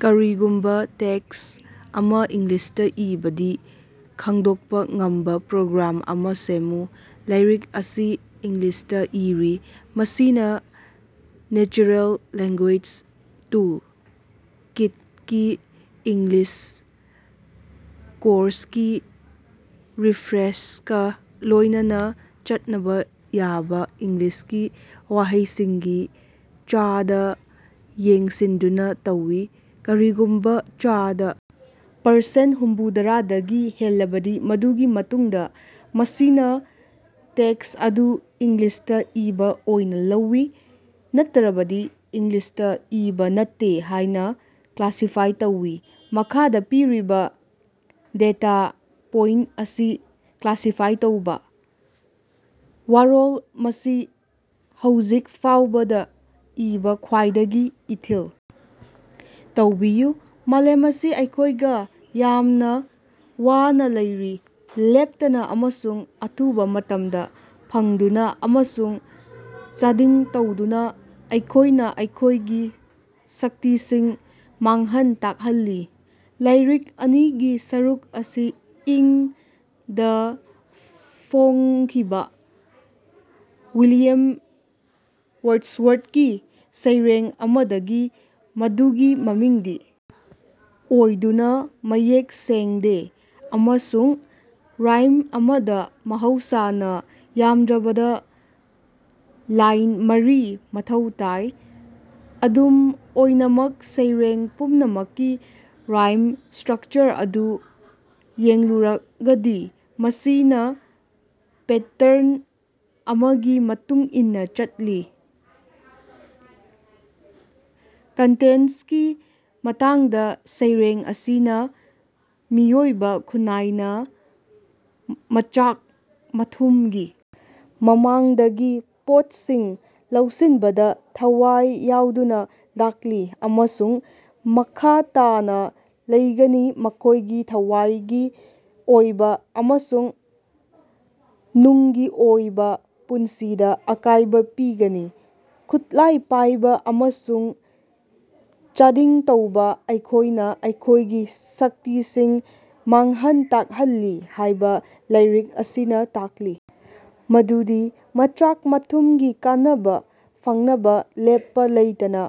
ꯀꯔꯤꯒꯨꯝꯕ ꯇꯦꯛ꯭ꯁ ꯑꯃ ꯏꯪꯂꯤꯁꯇ ꯏꯕꯗꯤ ꯈꯡꯗꯣꯛꯄ ꯉꯝꯕ ꯄ꯭ꯔꯣꯒ꯭ꯔꯥꯝ ꯑꯃ ꯁꯦꯝꯃꯨ꯫ ꯂꯥꯏꯔꯤꯛ ꯑꯁꯤ ꯏꯪꯂꯤꯁꯇ ꯏꯔꯤ꯫ ꯃꯁꯤꯅ ꯅꯦꯆꯔꯦꯜ ꯂꯦꯡꯒꯣꯏ꯭ꯁ ꯇꯨꯜ ꯀꯤꯠ ꯒꯤ ꯏꯪꯂꯤꯁ ꯀꯣꯔ꯭ꯁꯀꯤ ꯔꯤꯐ꯭ꯔꯦꯁꯀꯥ ꯂꯣꯏꯅꯅ ꯆꯠꯅꯕ ꯌꯥꯕ ꯏꯪꯂꯤꯁꯀꯤ ꯋꯥꯍꯩꯁꯤꯡꯒꯤ ꯆꯥꯗ ꯌꯦꯡꯁꯤꯟꯗꯨꯅ ꯇꯧꯏ꯫ ꯀꯔꯤꯒꯨꯝꯕ ꯆꯥꯗ ꯄꯔꯁꯦꯟ ꯍꯨꯝꯐꯨꯗ꯭ꯔꯥꯗꯒꯤ ꯍꯦꯜꯂꯕꯗꯤ ꯃꯗꯨꯒꯤ ꯃꯇꯨꯡꯗ ꯃꯁꯤꯅ ꯇꯦꯛꯁ꯭ꯠ ꯑꯗꯨ ꯏꯪꯂꯤꯁꯇ‌ ꯏꯕꯥ ꯑꯣꯏꯅ ꯂꯧꯏ, ꯅꯠꯇꯔꯕꯗꯤ ꯏꯪꯂꯤꯁꯇ ꯏꯕꯥ ꯅꯠꯇꯦ ꯍꯥꯏꯅ ꯀ꯭ꯂꯥꯁꯤꯐꯥꯏ ꯇꯧꯏ꯫ ꯃꯈꯥꯗ ꯄꯤꯔꯤꯕ ꯗꯦꯇꯥ ꯄꯣꯏꯟꯇ ꯑꯁꯤ ꯀ꯭ꯂꯥꯁꯤꯐꯥꯏ ꯇꯧꯕ꯫ ꯋꯥꯔꯣꯜ ꯃꯁꯤ ꯍꯧꯖꯤꯛ ꯐꯥꯎꯕꯗ‌ ꯏꯕꯥ ꯈ꯭ꯋꯥꯏꯗꯒꯤ ꯏꯊꯤꯜ ꯇꯧꯕꯤꯌꯨ꯫ ꯃꯥꯂꯦꯝ ꯑꯁꯤ ꯑꯩꯈꯣꯏꯒ ꯌꯥꯝꯅ ꯋꯥꯅ ꯂꯩꯔꯤ ꯂꯦꯞꯇꯅ ꯑꯃꯁꯨꯡ ꯑꯊꯨꯕ ꯃꯇꯝꯗ ꯐꯪꯗꯨꯅ ꯑꯃꯁꯨꯡ ꯆꯥꯗꯤꯡ ꯇꯧꯗꯨꯅ ꯑꯩꯈꯣꯏꯅ ꯑꯩꯈꯣꯏꯒꯤ ꯁꯛꯇꯤꯁꯤꯡ ꯃꯥꯡꯍꯟ ꯇꯥꯛꯍꯜꯂꯤ꯫ ꯂꯥꯏꯔꯤꯛ ꯑꯅꯤꯒꯤ ꯁꯔꯨꯛ ꯑꯁꯤ ꯏꯪ ꯗꯥ ꯐꯣꯡꯈꯤꯕ ꯋꯤꯂꯤꯌꯝ ꯋꯥꯔꯗ꯭ꯁꯋꯔꯗꯀꯤ ꯁꯩꯔꯦꯡ ꯑꯃꯗꯒꯤꯅꯤ, ꯃꯗꯨꯒꯤ ꯃꯃꯤꯡꯗꯤ ꯑꯣꯏꯗꯨꯅ ꯃꯌꯦꯛ ꯁꯦꯡꯗꯦ, ꯑꯃꯁꯨꯡ ꯔꯥꯏꯝ ꯑꯃꯗ ꯃꯍꯧꯁꯥꯅ ꯌꯥꯝꯗ꯭ꯔꯕꯗ‌ ꯂꯥꯏꯟ ꯃꯔꯤ ꯃꯊꯧ ꯇꯥꯏ꯫ ꯑꯗꯨꯝ ꯑꯣꯏꯅꯃꯛ, ꯁꯩꯔꯦꯡ ꯄꯨꯝꯅꯃꯛꯀꯤ ꯔꯥꯏꯝ ꯁ꯭ꯠꯔꯀꯆꯔ ꯑꯗꯨ ꯌꯦꯡꯂꯨꯔꯒꯗꯤ ꯃꯁꯤꯅ ꯄꯦꯇ꯭ꯔꯟ ꯑꯃꯒꯤ ꯃꯇꯨꯡ ꯏꯟꯅ ꯆꯠꯂꯤ꯫ ꯀꯟꯇꯦꯟꯇꯀꯤ ꯃꯇꯥꯡꯗ ꯁꯩꯔꯦꯡ ꯑꯁꯤꯅ ꯃꯤꯑꯣꯏꯕ ꯈꯨꯟꯅꯥꯏꯅ ꯃꯆꯥꯛ-ꯃꯊꯨꯝꯒꯤ ꯃꯃꯥꯡꯗꯒꯤ ꯄꯣꯠꯁꯤꯡ ꯂꯧꯁꯤꯟꯕꯗ ꯊꯋꯥꯏ ꯌꯥꯎꯗꯨꯅ ꯂꯥꯛꯂꯤ ꯑꯃꯁꯨꯡ ꯃꯈꯥ ꯇꯥꯅ ꯂꯩꯒꯅꯤ, ꯃꯈꯣꯏꯒꯤ ꯊꯋꯥꯏꯒꯤ ꯑꯣꯏꯕ ꯑꯃꯁꯨꯡ ꯅꯨꯡꯒꯤ ꯑꯣꯏꯕ ꯄꯨꯟꯁꯤꯗ ꯑꯀꯥꯏꯕ ꯄꯤꯒꯅꯤ꯫ ꯈꯨꯠꯂꯥꯏ ꯄꯥꯏꯕ ꯑꯃꯁꯨꯡ ꯆꯥꯗꯤꯡ ꯇꯧꯕ ,ꯑꯩꯈꯣꯏꯅ ꯑꯩꯈꯣꯏꯒꯤ ꯁꯛꯇꯤꯁꯤꯡ ꯃꯥꯡꯍꯟ ꯇꯥꯛꯍꯜꯂꯤ ꯍꯥꯏꯕ ꯂꯥꯏꯔꯤꯛ ꯑꯁꯤꯅ ꯇꯥꯛꯂꯤ ꯃꯗꯨꯗꯤ ꯃꯆꯥꯛ-ꯃꯊꯨꯝꯒꯤ ꯀꯥꯟꯅꯕ ꯐꯪꯅꯕ ꯂꯦꯞꯄ ꯂꯩꯇꯅ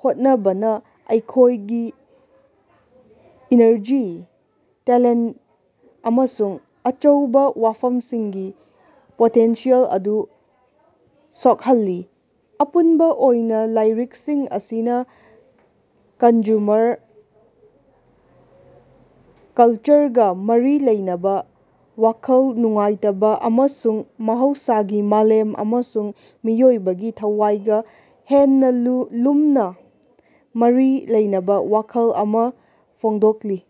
ꯍꯣꯠꯅꯕꯅ ꯑꯩꯈꯣꯏꯒꯤ ꯏꯅꯔꯖꯤ, ꯇꯦꯂꯦꯟꯇ ꯑꯃꯁꯨꯡ ꯑꯆꯧꯕ ꯋꯥꯐꯝꯁꯤꯡꯒꯤ ꯄꯣꯇꯦꯟꯁꯤꯌꯦꯜ ꯑꯗꯨ ꯁꯣꯛꯍꯜꯂꯤ꯫ ꯑꯄꯨꯟꯕ ꯑꯣꯏꯅ ꯂꯥꯏꯔꯤꯛꯁꯤꯡ ꯑꯁꯤꯅ ꯀꯟꯖꯨꯃꯔ ꯀꯜꯆꯔꯒ ꯃꯔꯤ ꯂꯩꯅꯕ ꯋꯥꯈꯜ ꯅꯨꯡꯉꯥꯏꯇꯕ ꯑꯃꯁꯨꯡ ꯃꯍꯧꯁꯥꯒꯤ ꯃꯥꯂꯦꯝ ꯑꯃꯁꯨꯡ ꯃꯤꯑꯣꯏꯕꯒꯤ ꯊꯋꯥꯏꯒ ꯍꯦꯟꯅ ꯂꯨ ꯂꯨꯝꯅ ꯃꯔꯤ ꯂꯩꯅꯕ ꯋꯥꯈꯜ ꯑꯃ ꯐꯣꯡꯗꯣꯛꯂꯤ꯫